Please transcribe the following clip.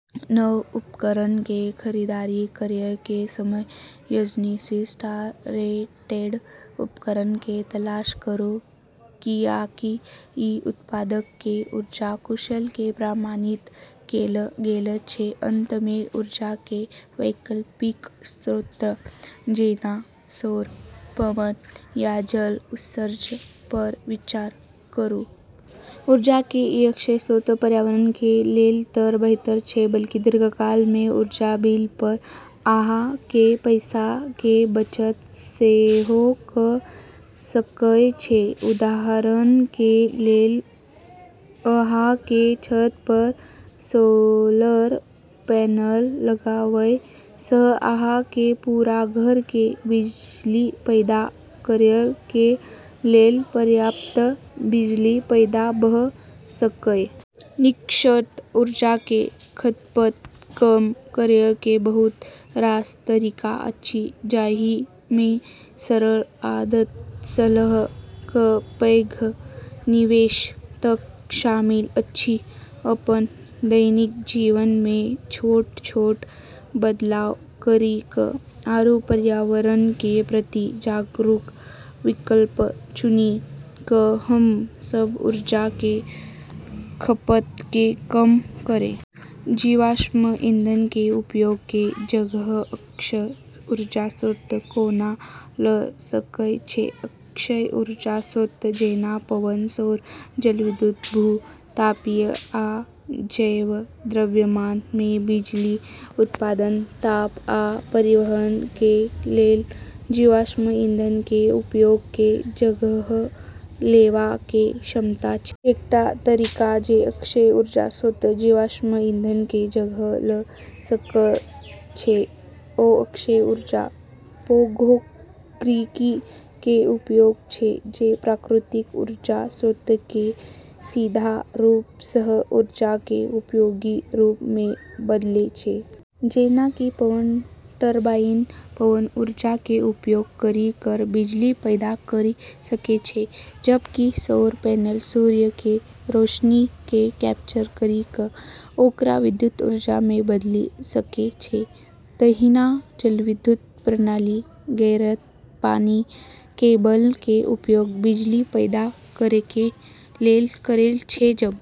नव उपकरण के खरीदारी करय के समय एनर्जी स्टार रेटेड उपकरण के तलाश करू, कियाकि ई उत्पाद के ऊर्जा कुशल के प्रमाणित कैल गेल छै। अंत मे ऊर्जा के वैकल्पिक स्रोत जेना सौर, पवन या जल ऊर्जा पर विचार करू। ऊर्जा के ई अक्षय स्रोत पर्यावरण के लेल तऽ बेहतर छै, बल्कि दीर्घकाल मे ऊर्जा बिल पर अहाँ के पैसा के बचत सेहो कऽ सकय छै। उदाहरण के लेल, अहाँ के छत पर सोलर पैनल लगावय सँ अहाँ के पूरा घर के बिजली पैदा करय के लेल पर्याप्त बिजली पैदा भऽ सकय छै, जेकरा सँ पारंपरिक ऊर्जा स्रोत पर अहाँ के निर्भरता कम भऽ सकय छै। निष्कर्षतः ऊर्जा के खपत कम करय के बहुत रास तरीका अछि, जाहि मे सरल आदत सँ लऽ कऽ पैघ निवेश तक शामिल अछि। अपन दैनिक जीवन मे छोट-छोट बदलाव करी कऽ, आरू पर्यावरण के प्रति जागरूक विकल्प चुनी कऽ, हम्मं सब ऊर्जा के खपत के कम करै आरू आबै वाला पीढ़ी लेली अपन ग्रह के सुरक्षा मे भूमिका निभा सकै छियै। जीवाश्म ईंधन के उपयोग के जगह अक्षय ऊर्जा स्रोत कोना लऽ सकय छै? अक्षय ऊर्जा स्रोत जेना पवन, सौर, जलविद्युत, भू-तापीय, आ जैव द्रव्यमान मे बिजली उत्पादन, ताप, आ परिवहन के लेल जीवाश्म ईंधन के उपयोग के जगह लेवा के क्षमता छै। एकटा तरीका जे अक्षय ऊर्जा स्रोत जीवाश्म ईंधन के जगह लऽ सकय छै, ओ अक्षय ऊर्जा प्रौद्योगिकी के उपयोग छै जे प्राकृतिक ऊर्जा स्रोत के सीधा रूप सँ ऊर्जा के उपयोगी रूप मे बदलै छै। जेना कि पवन टरबाइन पवन ऊर्जा के उपयोग करी कऽ बिजली पैदा करी सकै छै, जबकि सौर पैनल सूर्य के रोशनी के कैप्चर करी कऽ ओकरा विद्युत ऊर्जा मे बदली सकै छै। तहिना जलविद्युत प्रणाली गिरैत पानि के बल के उपयोग बिजली पैदा करै लेली करै छै, जबकि भू-तापीय प्रणाली मे भूमिगत जलाशय के गर्मी के उपयोग कए कऽ भाप पैदा होय छै जे टरबाइन के चला सकै छै।